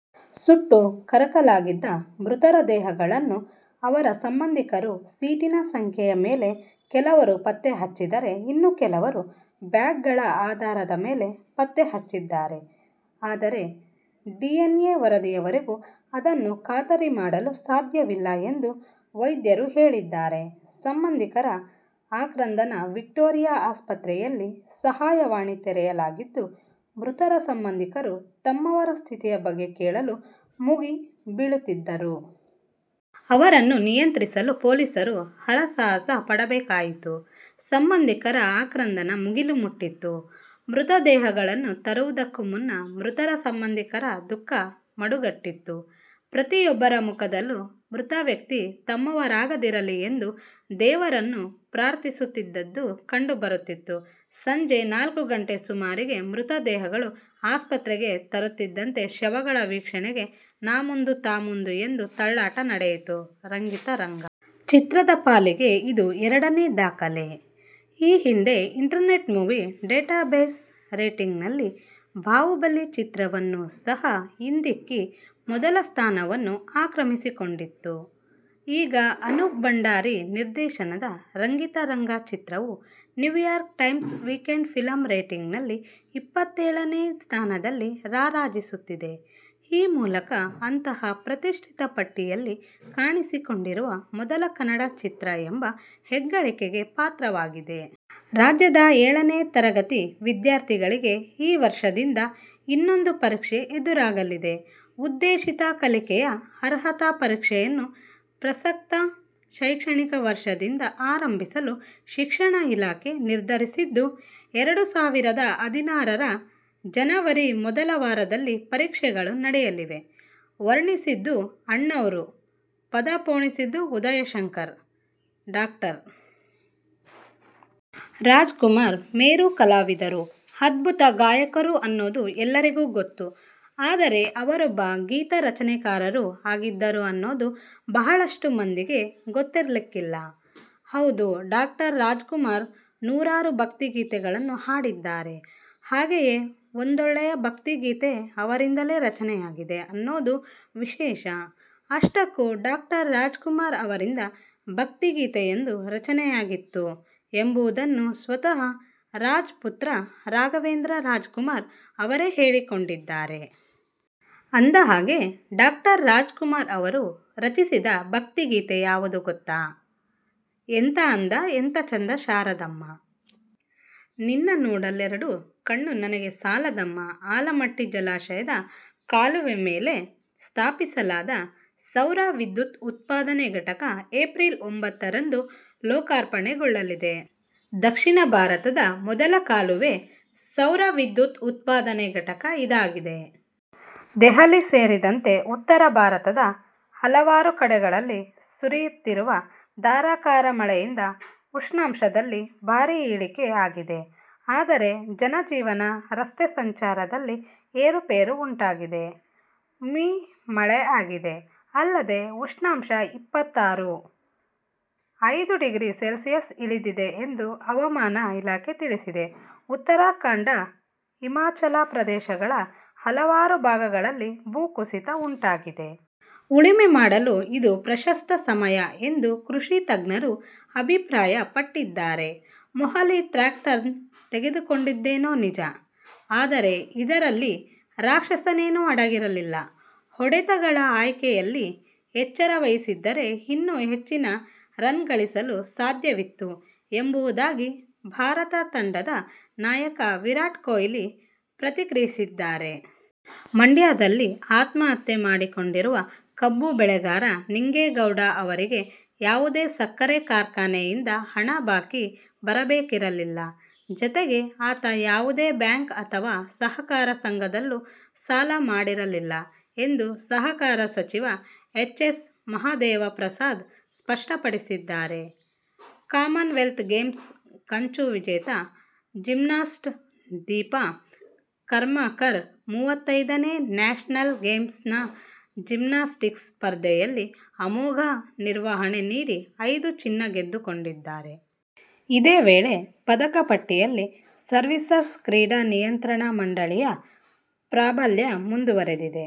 ಸುಟ್ಟು ಕರಕಲಾಗಿದ್ದ ಮೃತರ ದೇಹಗಳನ್ನು ಅವರ ಸಂಬಂಧಿಕರು ಸೀಟಿನ ಸಂಖ್ಯೆಯ ಮೇಲೆ ಕೆಲವರು ಪತ್ತೆ ಹಚ್ಚಿದರೆ, ಇನ್ನು ಕೆಲವರು ಬ್ಯಾಗ್ಗಳ ಆಧಾರದ ಮೇಲೆ ಪತ್ತೆಹಚ್ಚಿದ್ದಾರೆ. ಅದರೆ, ಡಿಎನ್ಎ ವರದಿವರೆಗೂ ಅದನ್ನು ಖಾತರಿ ಮಾಡಲು ಸಾಧ್ಯವಿಲ್ಲ ಎಂದು ವೈದ್ಯರು ಹೇಳಿದ್ದಾರೆ. ಸಂಬಂಧಿಕರ ಆಕ್ರಂದನವಿಕ್ಟೋರಿಯಾ ಆಸ್ಪತ್ರೆಯಲ್ಲಿ ಸಹಾಯವಾಣಿ ತೆರೆಯಲಾಗಿದ್ದು, ಮೃತರ ಸಂಬಂಧಿಕರು ತಮ್ಮವರ ಸ್ಥಿತಿಯ ಬಗ್ಗೆ ಕೇಳಲು ಮುಗಿ ಬೀಳುತ್ತಿದ್ದರು. ಅವರನ್ನು ನಿಯಂತ್ರಿಸಲು ಪೊಲೀಸರು ಹರಸಾಹಸ ಪಡಬೇಕಾಯಿತು. ಸಂಬಂಧಿಕರ ಆಕ್ರಂದನ ಮುಗಿಲು ಮುಟ್ಟಿತ್ತು. ಮೃತದೇಹಗಳನ್ನು ತರುವುದಕ್ಕೂ ಮುನ್ನ ಮೃತರ ಸಂಬಂಧಿಕರ ದುಃಖ ಮಡುಗಟ್ಟಿತ್ತು. ಪ್ರತಿಯೊಬ್ಬರ ಮುಖದಲ್ಲೂ ಮೃತ ವ್ಯಕ್ತಿ ತಮ್ಮವರಾಗದಿರಲಿ ಎಂದು ದೇವರನ್ನು ಪ್ರಾರ್ಥಿಸುತ್ತಿದ್ದದ್ದು ಕಂಡು ಬರುತ್ತಿತ್ತು. ಸಂಜೆ ನಾಲ್ಕು ಗಂಟೆ ಸುಮಾರಿಗೆ ಮೃತ ದೇಹಗಳು ಆಸ್ಪತ್ರೆಗೆ ತರುತ್ತಿದ್ದಂತೆ ಶವಗಳ ವೀಕ್ಷಣೆಗೆ ನಾಮುಂದು-ತಾಮುಂದೂ ಎಂದು ತಳ್ಳಾಟ ನಡೆಯಿತು. ರಂಗಿತರಂಗ ಚಿತ್ರದ ಪಾಲಿಗೆ ಇದು ಎರಡನೆಯ ದಾಖಲೆ. ಈ ಹಿಂದೆ ಇಂಟರ್ನೆಟ್ ಮೂವಿ ಡೇಟಾಬೇಸ್ ರೇಟಿಂಗ್ನಲ್ಲಿ "ಬಾಹುಬಲಿ' ಚಿತ್ರವನ್ನೂ ಸಹ ಹಿಂದಿಕ್ಕಿ ಮೊದಲ ಸ್ಥಾನವನ್ನು ಆಕ್ರಮಿಸಿಕೊಂಡಿತ್ತು. ಈಗ ಅನೂಪ್ ಭಂಡಾರಿ ನಿರ್ದೇನದ ರಂಗಿತರಂಗ ಚಿತ್ರವು ನ್ಯೂಯಾರ್ಕ್ ಟೈಮ್ಸ್ನ ವೀಕೆಂಡ್ ಫಿಲ್ಮ್ ರೇಟಿಂಗ್ನಲ್ಲಿ ಇಪ್ಪತ್ತೇಳನೇ ಸ್ಥಾನದಲ್ಲಿ ರಾರಾಜಿಸುತ್ತಿದೆ। ಈ ಮೂಲಕ ಅಂತಹ ಪ್ರತಿಷ್ಠಿತ ಪಟ್ಟಿಯಲ್ಲಿ ಕಾಣಿಸಿಕೊಂಡಿರುವ ಮೊದಲ ಕನ್ನಡ ಚಿತ್ರ ಎಂಬ ಹೆಗ್ಗಳಿಕೆಗೆ ಪಾತ್ರವಾಗಿದೆ. ರಾಜ್ಯದ ಏಳನೇ ತರಗತಿ ವಿದ್ಯಾರ್ಥಿಗಳಿಗೆ ಈ ವರ್ಷದಿಂದ ಇನ್ನೊಂದು ಪರೀಕ್ಷೆ ಎದುರಾಗಲಿದೆ. ಉದ್ದೇಶಿತ ಕಲಿಕೆಯ ಅರ್ಹತಾ ಪರೀಕ್ಷೆಯನ್ನು ಪ್ರಸಕ್ತ ಶೈಕ್ಷಣಿಕ ವರ್ಷದಿಂದ ಆರಂಭಿಸಲು ಶಿಕ್ಷಣ ಇಲಾಖೆ ನಿರ್ಧರಿಸಿದ್ದು, ಎರಡು ಸಾವಿರದ ಹದಿನಾರರ ಜನವರಿ ಮೊದಲ ವಾರದಲ್ಲಿ ಪರೀಕ್ಷೆಗಳು ನಡೆಯಲಿವೆ. ವರ್ಣಿಸಿದ್ದು ಅಣ್ಣಾವ್ರು ಪದಪೋಣಿಸಿದ್ದು ಉದಯಶಂಕರ್, ಡಾ. ರಾಜ್ಕುಮಾರ್ ಮೇರು ಕಲಾವಿದರು, ಅದ್ಭುತ ಗಾಯಕರು ಅನ್ನೋದು ಎಲ್ಲರಿಗೂ ಗೊತ್ತು. ಆದರೆ, ಅವರೊಬ್ಬ ಗೀತರಚನೆಕಾರರೂ ಆಗಿದ್ದರು ಅನ್ನೋದು ಬಹಳಷ್ಟು ಮಂದಿಗೆ ಗೊತ್ತಿರಲಿಕ್ಕಿಲ್ಲ! ಹೌದು, ಡಾ. ರಾಜ್ಕುಮಾರ್ ನೂರಾರು ಭಕ್ತಿಗೀತೆಗಳನ್ನು ಹಾಡಿದ್ದಾರೆ. ಹಾಗೆಯೇ ಒಂದೊಳ್ಳೆಯ ಭಕ್ತಿಗೀತೆ ಅವರಿಂದಲೇ ರಚನೆಯಾಗಿದೆ ಅನ್ನೋದೇ ವಿಶೇಷ. ಅಷ್ಟಕ್ಕೂ ಡಾ. ರಾಜ್ಕುಮಾರ್ ಅವರಿಂದ ಭಕ್ತಿಗೀತೆಯೊಂದು ರಚನೆಯಾಗಿತ್ತು ಎಂಬುದನ್ನು ಸ್ವತಃ ರಾಜ್ ಪುತ್ರ ರಾಘವೇಂದ್ರ ರಾಜ್ಕುಮಾರ್ ಅವರೇ ಹೇಳಿಕೊಂಡಿದ್ದಾರೆ. ಅಂದಹಾಗೆ, ಡಾ. ರಾಜ್ಕುಮಾರ್ ಅವರು ರಚಿಸಿದ ಭಕ್ತಿಗೀತೆ ಯಾವುದು ಗೊತ್ತಾ? ಎಂತ ಅಂದ ಎಂತ ಚೆಂದ ಶಾರದಮ್ಮ, ನಿನ್ನ ನೋಡಲೆರೆಡು ಕಣ್ಣು ನನಗೆ ಸಾಲದಮ್ಮಾ ಆಲಮಟ್ಟಿ ಜಲಾಶಯದ ಕಾಲುವೆ ಮೇಲೆ ಸ್ಥಾಪಿಸಲಾದ ಸೌರವಿದ್ಯುತ್ ಉತ್ಪಾದನೆ ಘಟಕ ಏಪ್ರಿಲ್ ಒಂಬ್ಬತ್ತು ರಂದು ಲೋಕಾರ್ಪಣೆಗೊಳ್ಳಲಿದೆ. ದಕ್ಷಿಣ ಭಾರತದ ಮೊದಲ ಕಾಲುವೆ ಸೌರವಿದ್ಯುತ್ ಉತ್ಪಾದನೆ ಘಟಕ ಇದಾಗಿದೆ. ದೆಹಲಿ ಸೇರಿದಂತೆ ಉತ್ತರ ಭಾರತದ ಹಲವಾರು ಕಡೆಗಳಲ್ಲಿ ಸುರಿಯುತ್ತಿರುವ ಧಾರಾಕಾರ ಮಳೆಯಿಂದ ಉಷ್ಣಾಂಶದಲ್ಲಿ ಭಾರಿ ಇಳಿಕೆ ಆಗಿದೆ. ಆದರೆ ಜನಜೀವನ, ರಸ್ತೆ ಸಂಚಾರದಲ್ಲಿ ಏರುಪೇರು ಉಂಟಾಗಿದೆ. ಮೀ. ಮಳೆಯಾಗಿದೆ. ಅಲ್ಲದೇ ಉಷ್ಣಾಂಶ ಇಪ್ಪತ್ತಾರು. ಐದು ಡಿಗ್ರಿ ಸೆಲ್ಸಿಯಸ್ಗೆ ಇಳಿದಿದೆ ಎಂದು ಹವಾಮಾನ ಇಲಾಖೆ ತಿಳಿಸಿದೆ. ಉತ್ತರಾಖಂಡ, ಹಿಮಾಚಲ ಪ್ರದೇಶಗಳ ಹಲವಾರು ಭಾಗಗಳಲ್ಲಿ ಭೂಕುಸಿತ ಉಂಟಾಗಿದೆ. ಉಳುಮೆ ಮಾಡಲು ಇದು ಪ್ರಶಸ್ತ ಸಮಯ ಎಂದು ಕೃಷಿ ತಜ್ಞರು ಅಭಿಪ್ರಾಯ ಪಟ್ಟಿದ್ದಾರೆ. ಮೊಹಾಲಿ ಟ್ರ್ಯಾಕ್ ಟರ್ನ್ ತೆಗೆದುಕೊಂಡದ್ದೇನೋ ನಿಜ, ಆದರೆ ಇದರಲ್ಲಿ ರಾಕ್ಷಸನೇನೂ ಅಡಗಿರಲಿಲ್ಲ. ಹೊಡೆತಗಳ ಆಯ್ಕೆಯಲ್ಲಿ ಎಚ್ಚರ ವಹಿಸಿದ್ದರೆ ಇನ್ನೂ ಹೆಚ್ಚಿನ ರನ್ ಗಳಿಸಲು ಸಾಧ್ಯವಿತ್ತು ಎಂಬುದಾಗಿ ಭಾರತ ತಂಡದ ನಾಯಕ ವಿರಾಟ್ ಕೊಹ್ಲಿ ಪ್ರತಿಕ್ರಿಯಿಸಿದ್ದಾರೆ. ಮಂಡ್ಯದಲ್ಲಿ ಆತ್ಮಹತ್ಯೆ ಮಾಡಿಕೊಂಡಿರುವ ಕಬ್ಬು ಬೆಳೆಗಾರ ನಿಂಗೇಗೌಡ ಅವರಿಗೆ ಯಾವುದೇ ಸಕ್ಕರೆ ಕಾರ್ಖಾನೆಯಿಂದ ಹಣ ಬಾಕಿ ಬರಬೇಕಿರಲಿಲ್ಲ. ಜತೆಗೆ ಆತ ಯಾವುದೇ ಬ್ಯಾಂಕ್ ಅಥವಾ ಸಹಕಾರ ಸಂಘದಲ್ಲೂ ಸಾಲ ಮಾಡಿರಲಿಲ್ಲ ಎಂದು ಸಹಕಾರ ಸಚಿವ ಎಚ್. ಎಸ್. ಮಹದೇವಪ್ರಸಾದ್ ಸ್ಪಷ್ಟಪಡಿಸಿದ್ದಾರೆ. ಕಾಮನ್ವೆಲ್ತ್ ಗೇಮ್ಸ್ ಕಂಚು ವಿಜೇತೆ ಜಿಮ್ನಾಸ್ಟ್ ದೀಪಾ ಕರ್ಮಾಕರ್ ಮೂವತೈದನೇ ನ್ಯಾಶನಲ್ ಗೇಮ್ಸ್ನ ಜಿಮ್ನಾಸ್ಟಿಕ್ಸ್ ಸ್ಪರ್ಧೆಯಲ್ಲಿ ಅಮೋಘ ನಿರ್ವಹಣೆ ನೀಡಿ ಐದು ಚಿನ್ನ ಗೆದ್ದುಕೊಂಡಿದ್ದಾರೆ. ಇದೇ ವೇಳೆ ಪದಕ ಪಟ್ಟಿಯಲ್ಲಿ ಸರ್ವೀಸಸ್ ಕ್ರೀಡಾ ನಿಯಂತ್ರಣ ಮಂಡಳಿ ಯ ಪ್ರಾಬಲ್ಯ ಮುಂದುವರಿದಿದೆ.